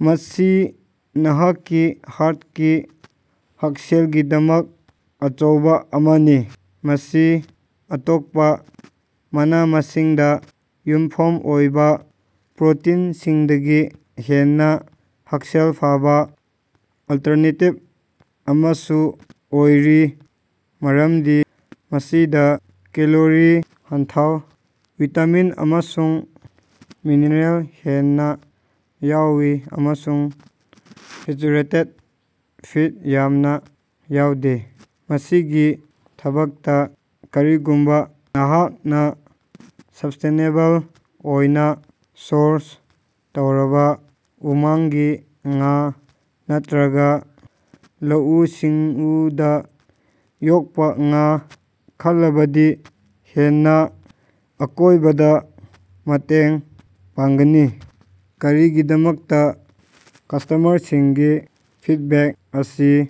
ꯃꯁꯤ ꯅꯍꯥꯛꯀꯤ ꯍꯥꯔꯠꯀꯤ ꯍꯛꯁꯦꯜꯒꯤꯗꯃꯛ ꯑꯆꯧꯕ ꯑꯃꯅꯤ꯫ ꯃꯁꯤ ꯑꯇꯣꯞꯄ ꯃꯅꯥ-ꯃꯁꯤꯡꯗꯥ ꯌꯨꯝꯐꯝ ꯑꯣꯏꯕ ꯄ꯭ꯔꯣꯇꯤꯟꯁꯤꯡꯗꯒꯤ ꯍꯦꯟꯅ ꯍꯛꯁꯦꯜ ꯐꯕꯥ ꯑꯜꯇꯔꯅꯦꯇꯤꯚ ꯑꯃꯁꯨ ꯑꯣꯏꯔꯤ ꯃꯔꯝꯗꯤ ꯃꯁꯤꯗ ꯀꯦꯂꯣꯔꯤ ꯍꯟꯊꯩ, ꯚꯤꯇꯥꯃꯤꯟ ꯑꯃꯁꯨꯡ ꯃꯤꯅꯔꯦꯜ ꯍꯦꯟꯅ ꯌꯥꯎꯏ, ꯑꯃꯁꯨꯡ ꯁꯦꯆꯨꯔꯦꯇꯦꯠ ꯐꯦꯠ ꯌꯥꯝꯅ ꯌꯥꯎꯗꯦ꯫ ꯃꯁꯤꯒꯤ ꯃꯊꯛꯇ, ꯀꯔꯤꯒꯨꯝꯕ ꯅꯍꯥꯛꯅ ꯁꯁ꯭ꯇꯦꯅꯦꯕꯜ ꯑꯣꯏꯅ ꯁꯣꯔꯁ ꯇꯧꯔꯕ ꯎꯃꯪꯒꯤ ꯉꯥ ꯅꯠꯇ꯭ꯔꯒ ꯂꯧꯎ-ꯁꯤꯡꯎꯗꯥ ꯌꯣꯛꯄ ꯉꯥ ꯈꯜꯂꯕꯗꯤ ꯍꯦꯟꯅ ꯑꯀꯣꯏꯕꯗ ꯃꯇꯦꯡ ꯄꯥꯡꯒꯅꯤ꯫ ꯀꯔꯤꯒꯤꯗꯃꯛꯇꯥ ꯀꯁꯇꯃꯔꯁꯤꯡꯒꯤ ꯐꯤꯠꯕꯦꯛ ꯑꯁꯤ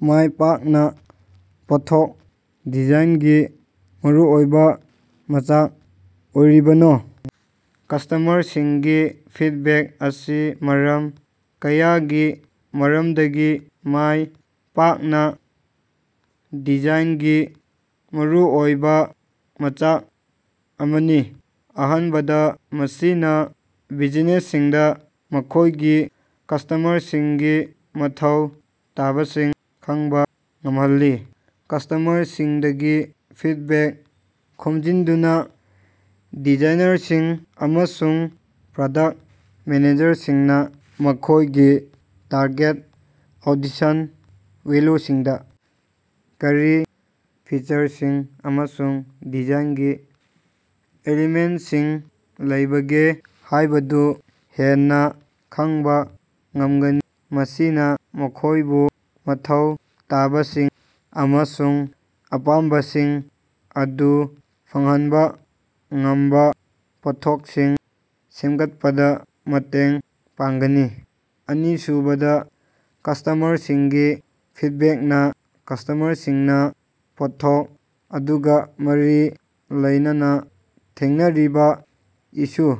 ꯃꯥꯏꯄꯥꯛꯅ ꯄꯣꯠꯊꯣꯛ ꯗꯤꯖꯥꯏꯟꯒꯤ ꯃꯔꯨꯑꯣꯏꯕ ꯃꯆꯥꯛ ꯑꯣꯏꯔꯤꯕꯅꯣ? ꯀꯁꯇꯃꯔꯁꯤꯡꯒꯤ ꯐꯤꯠꯕꯦꯛ ꯑꯁꯤ ꯃꯔꯝ ꯀꯌꯥꯒꯤ ꯃꯔꯝꯗꯒꯤ ꯃꯥꯏ ꯄꯥꯛꯅ ꯄꯣꯠꯊꯣꯛ ꯗꯤꯖꯥꯏꯟꯒꯤ ꯃꯔꯨꯑꯣꯏꯕ ꯃꯆꯥꯛ ꯑꯃꯅꯤ꯫ ꯑꯍꯥꯟꯕꯗ, ꯃꯁꯤꯅ ꯕꯤꯖꯤꯅꯦꯁꯁꯤꯡꯗ ꯃꯈꯣꯏꯒꯤ ꯀꯁꯇꯃꯔꯁꯤꯡꯒꯤ ꯃꯊꯧ ꯇꯥꯕꯁꯤꯡ ꯈꯪꯕ ꯉꯝꯍꯜꯂꯤ꯫ ꯀꯁꯇꯃꯔꯁꯤꯡꯗꯒꯤ ꯐꯤꯠꯕꯦꯛ ꯈꯣꯝꯖꯤꯟꯗꯨꯅ, ꯗꯤꯖꯥꯏꯅꯔꯁꯤꯡ ꯑꯃꯁꯨꯡ ꯄ꯭ꯔꯗꯛ ꯃꯦꯅꯦꯖꯔꯁꯤꯡꯅ ꯃꯈꯣꯏꯒꯤ ꯇꯥꯔꯒꯦꯠ ꯑꯣꯗꯤꯁꯟ ꯚꯦꯜꯂꯨꯁꯤꯡꯗ ꯀꯔꯤ ꯐꯤꯆꯔꯁꯤꯡ ꯑꯃꯁꯨꯡ ꯗꯤꯖꯥꯏꯟꯒꯤ ꯑꯦꯂꯤꯃꯦꯟꯠꯁꯤꯡ ꯂꯩꯕꯒꯦ ꯍꯥꯏꯕꯗꯨ ꯍꯦꯟꯅ ꯈꯪꯕ ꯉꯝꯒꯅꯤ, ꯃꯁꯤꯅ ꯃꯈꯣꯏꯕꯨ ꯃꯊꯧ ꯇꯥꯕꯁꯤꯡ ꯑꯃꯁꯨꯡ ꯑꯄꯥꯝꯕꯁꯤꯡ ꯑꯗꯨ ꯐꯪꯍꯟꯕ ꯉꯝꯕ ꯄꯣꯠꯊꯣꯛꯁꯤꯡ ꯁꯦꯃꯒꯠꯄꯗ ꯃꯇꯦꯡ ꯄꯥꯡꯒꯅꯤ꯫ ꯑꯅꯤꯁꯨꯕꯗ, ꯀꯁꯇꯃꯔꯁꯤꯡꯒꯤ ꯐꯤꯠꯕꯦꯛꯅ ꯀꯁꯇꯃꯔꯁꯤꯡꯅꯥ ꯄꯣꯠꯊꯣꯛ ꯑꯗꯨꯒ ꯃꯔꯤ ꯂꯩꯅꯅꯥ ꯊꯦꯡꯅꯔꯤꯕ ꯏꯁꯨ